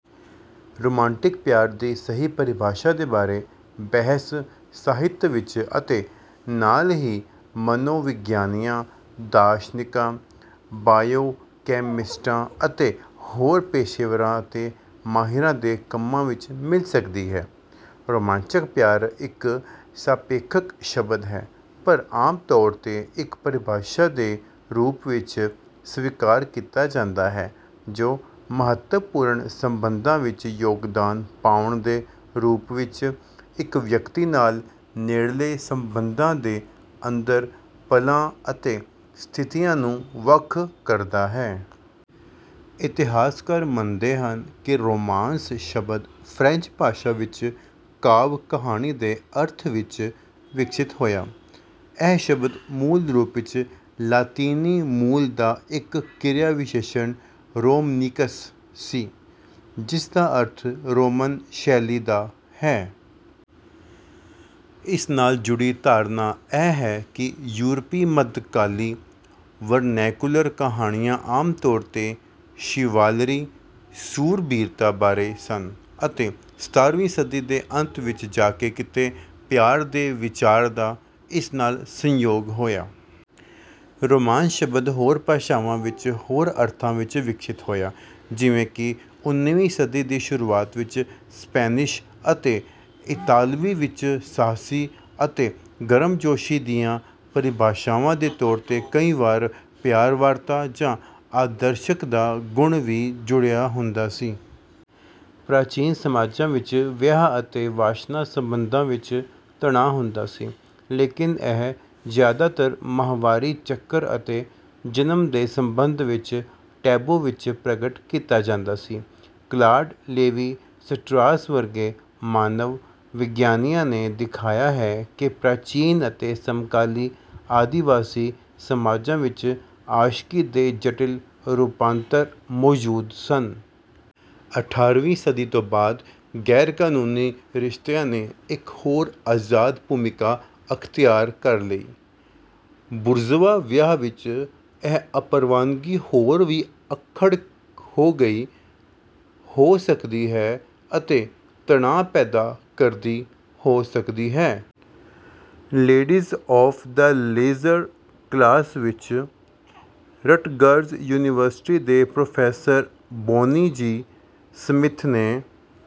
Romantic ਪਿਆਰ ਦੀ ਸਹੀ ਪਰਿਭਾਸ਼ਾ ਦੇ ਬਾਰੇ ਬਹਿਸ ਸਾਹਿਤ ਵਿੱਚ ਅਤੇ ਨਾਲ ਹੀ ਮਨੋਵਿਗਿਆਨੀਆਂ, ਦਾਰਸ਼ਨਿਕਾਂ, ਬਾਇਓਕੈਮਿਸਟਾਂ ਅਤੇ ਹੋਰ ਪੇਸ਼ੇਵਰਾਂ ਅਤੇ ਮਾਹਿਰਾਂ ਦੇ ਕੰਮਾਂ ਵਿੱਚ ਮਿਲ ਸਕਦੀ ਹੈ। ਰੁਮਾਂਚਕ ਪਿਆਰ ਇੱਕ ਸਾਪੇਖਕ ਸ਼ਬਦ ਹੈ, ਪਰ ਆਮ ਤੌਰ ਤੇ ਇੱਕ ਪਰਿਭਾਸ਼ਾ ਦੇ ਰੂਪ ਵਿੱਚ ਸਵੀਕਾਰ ਕੀਤਾ ਜਾਂਦਾ ਹੈ ਜੋ ਮਹੱਤਵਪੂਰਣ ਸੰਬੰਧਾਂ ਵਿੱਚ ਯੋਗਦਾਨ ਪਾਉਣ ਦੇ ਰੂਪ ਵਿੱਚ ਇੱਕ ਵਿਅਕਤੀ ਨਾਲ ਨੇੜਲੇ ਸੰਬੰਧਾਂ ਦੇ ਅੰਦਰ ਪਲਾਂ ਅਤੇ ਸਥਿਤੀਆਂ ਨੂੰ ਵੱਖ ਕਰਦਾ ਹੈ। ਇਤਿਹਾਸਕਾਰ ਮੰਨਦੇ ਹਨ ਕਿ "ਰੋਮਾਂਸ" ਸ਼ਬਦ ਫ੍ਰੈਂਚ ਭਾਸ਼ਾ ਵਿੱਚ "ਕਾਵਿ ਕਹਾਣੀ" ਦੇ ਅਰਥ ਵਿੱਚ ਵਿਕਸਿਤ ਹੋਇਆ। ਇਹ ਸ਼ਬਦ ਮੂਲ ਰੂਪ ਵਿੱਚ ਲਾਤੀਨੀ ਮੂਲ ਦਾ ਇੱਕ ਕਿਰਿਆ-ਵਿਸ਼ੇਸ਼ਣ "ਰੋਮਨੀਕਸ" ਸੀ, ਜਿਸਦਾ ਅਰਥ "ਰੋਮਨ ਸ਼ੈਲੀ ਦਾ" ਹੈ। ਇਸ ਨਾਲ ਜੁੜੀ ਧਾਰਨਾ ਇਹ ਹੈ ਕਿ ਯੂਰਪੀ ਮੱਧਕਾਲੀ ਵਰਨੈਕੂਲਰ ਕਹਾਣੀਆਂ ਆਮ ਤੌਰ ਤੇ ਸ਼ਿਵਾਲਰੀ ਸੂਰਬੀਰਤਾ ਬਾਰੇ ਸਨ ਅਤੇ ਸਤਾਰ੍ਹਵੀਂ ਸਦੀ ਦੇ ਅੰਤ ਵਿੱਚ ਜਾ ਕੇ ਕਿਤੇ ਪਿਆਰ ਦੇ ਵਿਚਾਰ ਦਾ ਇਸ ਨਾਲ ਸੰਯੋਗ ਹੋਇਆ। ਰੋਮਾਂਸ ਸ਼ਬਦ ਹੋਰ ਭਾਸ਼ਾਵਾਂ ਵਿੱਚ ਹੋਰ ਅਰਥਾਂ ਵਿੱਚ ਵਿਕਸਿਤ ਹੋਇਆ, ਜਿਵੇਂ ਕਿ ਉਨ੍ਹੀਵੀਂ ਸਦੀ ਦੀ ਸ਼ੁਰੂਆਤ ਵਿੱਚ ਸਪੈਨਿਸ਼ ਅਤੇ ਇਤਾਲਵੀ ਵਿੱਚ "ਸਾਹਸੀ" ਅਤੇ "ਗਰਮਜੋਸ਼ੀ" ਦੀਆਂ ਪਰਿਭਾਸ਼ਾਵਾਂ ਦੇ ਤੌਰ ਤੇ, ਕਈ ਵਾਰ "ਪਿਆਰ-ਵਾਰਤਾ" ਜਾਂ "ਆਦਰਸ਼ਕ ਦਾ ਗੁਣ" ਵੀ ਜੁੜਿਆ ਹੁੰਦਾ ਸੀ। ਪ੍ਰਾਚੀਨ ਸਮਾਜਾਂ ਵਿੱਚ, ਵਿਆਹ ਅਤੇ ਵਾਸ਼ਨਾ ਸਬੰਧਾਂ ਵਿੱਚ ਤਣਾਅ ਹੁੰਦਾ ਸੀ, ਲੇਕਿਨ ਇਹ ਜਿਆਦਾਤਰ ਮਾਹਵਾਰੀ ਚੱਕਰ ਅਤੇ ਜਨਮ ਦੇ ਸੰਬੰਧ ਵਿੱਚ ਟੈਬੂ ਵਿੱਚ ਪ੍ਰਗਟ ਕੀਤਾ ਜਾਂਦਾ ਸੀ। ਕਲਾਡ ਲੇਵੀ-ਸਟਰਾਸ ਵਰਗੇ ਮਾਨਵ-ਵਿਗਿਆਨੀਆਂ ਨੇ ਦਿਖਾਇਆ ਹੈ ਕਿ ਪ੍ਰਾਚੀਨ ਅਤੇ ਸਮਕਾਲੀ ਆਦਿਵਾਸੀ ਸਮਾਜਾਂ ਵਿੱਚ ਆਸ਼ਕੀ ਦੇ ਜਟਿਲ ਰੂਪਾਂਤਰ ਮੌਜੂਦ ਸਨ। ਅਠਾਰ੍ਹਵੀਂ ਸਦੀ ਤੋਂ ਬਾਅਦ, ਗੈਰ-ਕਾਨੂੰਨੀ ਰਿਸ਼ਤਿਆਂ ਨੇ ਇੱਕ ਹੋਰ ਆਜ਼ਾਦ ਭੂਮਿਕਾ ਅਖਤਿਆਰ ਕਰ ਲਈ। ਬੁਰਜ਼ਵਾ ਵਿਆਹ ਵਿੱਚ, ਇਹ ਅਪਰਵਾਨਗੀ ਹੋਰ ਵੀ ਅੱਖੜ ਹੋ ਗਈ ਹੋ ਸਕਦੀ ਹੈ ਅਤੇ ਤਣਾਅ ਪੈਦਾ ਕਰਦੀ ਹੋ ਸਕਦੀ ਹੈ। Ladies of the leisure class ਵਿੱਚ, ਰਟਗਰਜ਼ ਯੂਨੀਵਰਸਿਟੀ ਦੇ ਪ੍ਰੋਫੈਸਰ ਬੌਨੀ ਜੀ ਸਮਿੱਥ ਨੇ